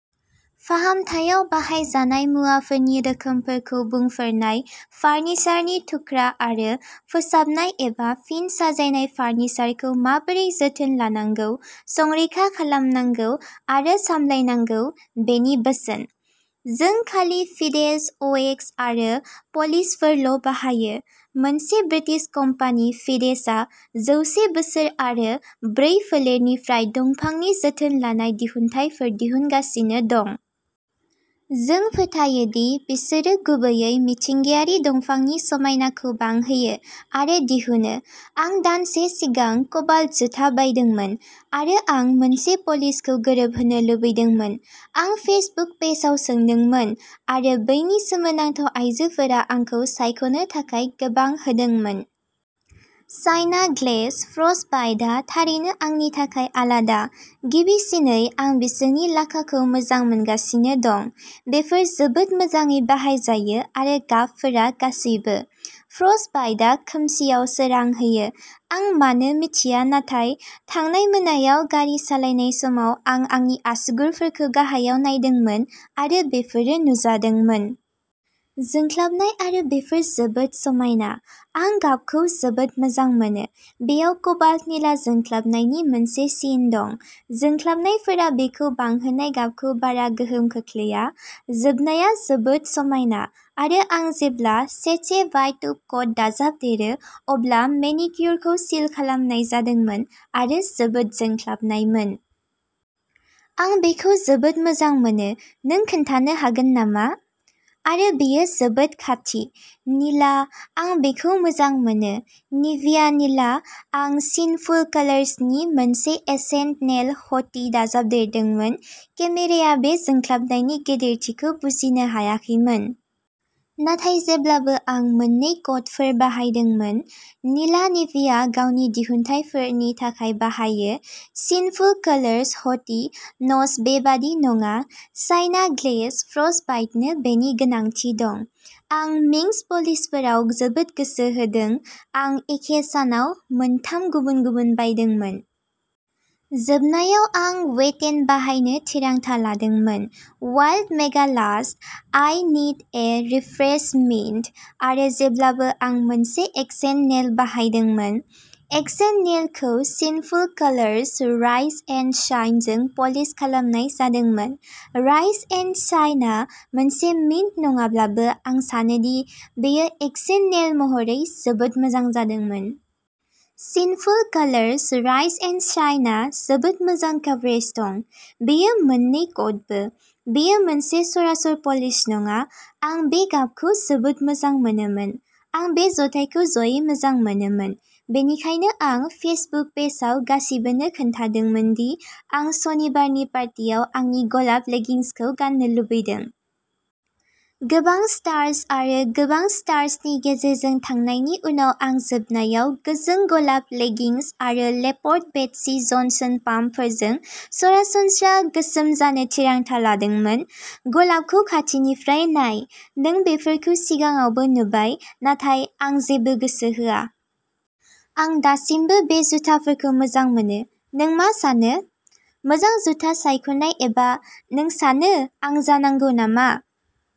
फाहामथायाव बाहायजानाय मुवाफोरनि रोखोमफोरखौ बुंफोरनाय फार्निचारनि थुख्रा आरो फोसाबनाय एबा फिन साजायनाय फार्निचारखौ माबोरै जोथोन लानांगौ, संरैखा खालामनांगौ आरो सामलायनांगौ बेनि बोसोन। जों खालि फिडेस अवेक्स आरो पलिशफोरल' बाहायो। मोनसे ब्रिटिश कम्पानि, फिडेसआ जौसे बोसोर आरो ब्रै फोलेरनिफ्राय दंफांनि जोथोन लानाय दिहुनथायफोर दिहुनगासिनो दं। जों फोथायो दि बिसोरो गुबैयै मिथिंगायारि दंफांनि समायनाखौ बांहोयो आरो दिहुनो। आं दानसे सिगां कबाल्ट जुथा बायदोंमोन आरो आं मोनसे पलिशखौ गोरोबहोनो लुबैदोंमोन। आं फेसबुक पेजआव सोंदोंमोन आरो बैनि सोमोनांथाव आयजोफोरा आंखौ सायख'नो थाखाय गोबां होदोंमोन। चाइना ग्लेज "फ्रस्टबाइट" आ थारैनो आंनि थाखाय आलादा। गिबिसिनै आं बिसोरनि लाखाखौ मोजां मोनगासिनो दं। बेफोर जोबोद मोजाङै बाहायजायो आरो गाबफोरा गासैबो! "फ्रस्टबाइट" आ खोमसिआव सोरां होयो। आं मानो मिथिया नाथाय थांनाय मोनायाव गारि सालायनाय समाव आं आंनि आसुगुरफोरखौ गाहायाव नायदोंमोन आरो बेफोरो नुजादोंमोन। जोंख्लाबनाय आरो बेफोर जोबोद समायना। आं गाबखौ जोबोद मोजां मोनो। बेयाव क'बाल्ट निला जोंख्लाबनायनि मोनसे सिन दं। जोंख्लाबनायफोरा बेखौ बांहोनाय गाबखौ बारा गोहोम खोख्लैया। जोबनाया जोबोद समायना आरो आं जेब्ला सेचे भाइट टप कट दाजाबदेरो अब्ला मेनिकिउरखौ सिल खालामनाय जादोंमोन आरो जोबोद जोंख्लाबनायमोन। आं बेखौ जोबोद मोजां मोनो नों खोन्थानो हागोन नामा? आरो बेयो जोबोद खाथि। निला आं बेखौ मोजां मोनो। "निभिया निला" आं सिनफुल कलर्सनि मोनसे एसेंट नेल "ह'टि" दाजाबदेरदोंमोन। केमेराया बे जोंख्लाबनायनि गेदेरथिखौ बुजिनो हायाखैमोन। नाथाय जेब्लाबो आं मोननै कटफोर बाहायदोंमोन। निला निभिया गावनि दिहुनथायफोरनि थाखाय बाहायो। सिनफुल कलर्स "ह'टि" नच बेबादि नङा चाइना ग्लेज "फ्रस्टबाइट" नो बेनि गोनांथि दं। आं मिंट्स पलिशफोराव जोबोद गोसो होदों। आं एखे सानाव मोन थाम गुबुन गुबुन बायदोंमोन। जोबनायाव आं वेट एन बाहायनो थिरांथा लादोंमोन। Wild megalast "I need a refresh mint" आरो जेब्लाबो आं मोनसे एक्सेन्ट नेल बाहायदोंमोन। एक्सेन्ट नेलखौ सिनफुलकलार्स "राइज एन्ड शाइन" जों पलिश खालामनाय जादोंमोन। "राइज एन्ड शाइन" आ मोनसे मिन्ट नङाब्लाबो आं सानो दि बेयो एक्सेन्ट नेल महरै जोबोद मोजां जादोंमोन। सिनफुलकलार्स "राइज एन्ड शाइन" आ जोबोद मोजां कभारेज दं। बेयो मोननै कटबो। बेयो मोनसे सरासर पलिश नङा, आं बे गाबखौ जोबोद मोजां मोनोमोन। आं बे जथायखौ ज'यै मोजां मोनोमोन। बेनिखायनो आं फेसबुक पेजआव गासिबोनो खिन्थादोंमोन दि आं सनिबारनि पार्टियाव आंनि गलाब लेगिंग्सखौ गाननो लुबैदों। गोबां स्टार्स आरो गोबां स्टार्सनि गेजेरजों थांनायनि उनाव आं जोबनायाव गोजों गलाब लेगिंग्स आरो लेपर्ड बेटसि जनसन पाम्पफोरजों सरासनस्रा गोसोम जानो थिरांथा लादोंमोन। गलाबखौ खाथिनिफ्राय नाय। नों बेफोरखौ सिगाङावबो नुबाय नाथाय आं जेबो गोसो होआ। आं दासिमबो बे जुथाफोरखौ मोजां मोनो नों मा सानो? मोजां जुथा सायख'नाय एबा नों सानो आं जानांगौ नामा?